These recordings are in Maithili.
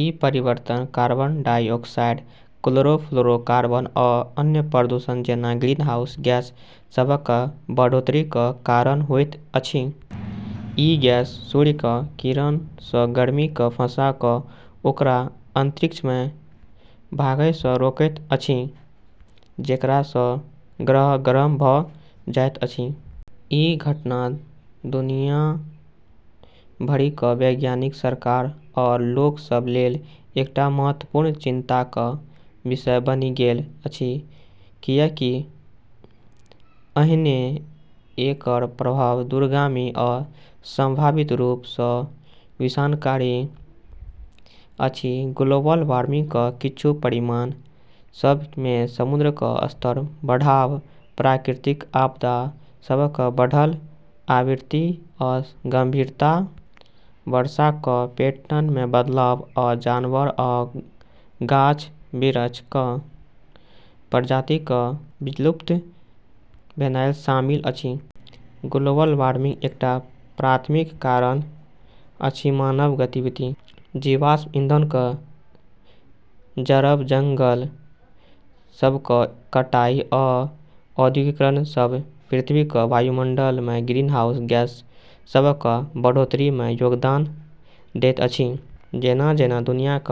ई परिवर्तन कार्बन डाइऑक्साइड, क्लोरोफ्लोरोकार्बन, आ अन्य प्रदूषक जेना ग्रीनहाउस गैस सभक बढ़ोत्तरीक कारण होइत अछि। ई गैस सूर्यक किरण सँ गर्मिकेँ फँसा कऽ ओकरा अंतरिक्षमे भागए सँ रोकैत अछि, जेकरा सँ ग्रह गरम भऽ जाइत अछि। ई घटना दुनिया भरि क वैज्ञानिक, सरकार आ लोक सभ लेल एकटा महत्वपूर्ण चिंताक विषय बनि गेल अछि, कियाकअहने एकर प्रभाव दूरगामी आ संभावित रूप सँ विनाशकारी अछि। ग्लोबल वार्मिंगक किछु परिणाम सभ मे समुद्रक स्तर बढ़ब, प्राकृतिक आपदा सभक बढ़ल आवृत्ति आ गंभीरता, वर्षा क पैटर्न मे बदलाव, आ जानवर आ गाछ-बिरछ क प्रजातिक विलुप्त भेनाइ शामिल अछि। ग्लोबल वार्मिंगक एकटा प्राथमिक कारण अछि मानव गतिविधि। जीवाश्म ईंधनक जरब, जंगल सभक कटाइ, आ औद्योगीकरण सभ पृथ्वीक वायुमंडल मे ग्रीनहाउस गैस सभक बढ़ोत्तरी मे योगदान दैत अछि। जेना-जेना दुनियाक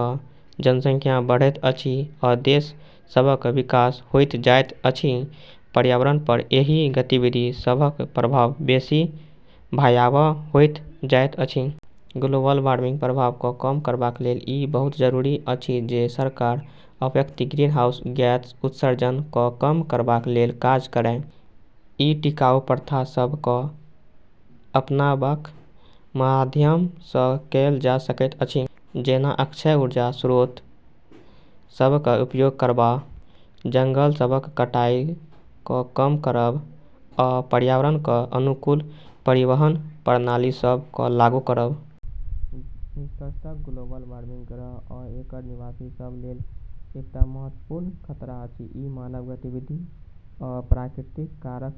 जनसंख्या बढ़ैत अछि आ देश सभक विकास होइत जाइत अछि, पर्यावरण पर एहि गतिविधि सभक प्रभाव बेसी भयावह होइत जाइत अछि। ग्लोबल वार्मिंगक प्रभाव केँ कम करबा लेल ई बहुत जरूरी अछि जे सरकार आ व्यक्ति ग्रीनहाउस गैस उत्सर्जन केँ कम करबा लेल काज करए। ई टिकाऊ प्रथा सभ केँ अपनाबाक माध्यम सँ कएल जा सकैत अछि, जेना अक्षय ऊर्जा स्रोत सभक उपयोग करब, जंगल सभक कटाइ केँ कम करब, आ पर्यावरणक अनुकूल परिवहन प्रणाली सभ केँ लागू करब। निष्कर्षतः ग्लोबल वार्मिंग ग्रह आ एकर निवासी सभ लेल एकटा महत्वपूर्ण खतरा अछि। ई मानव गतिविधि आ प्राकृतिक कारक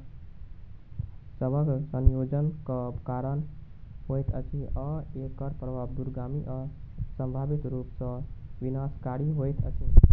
सभक संयोजनक कारण होइत अछि, आ एकर प्रभाव दूरगामी आ संभावित रूप सँ विनाशकारी होइत अछि।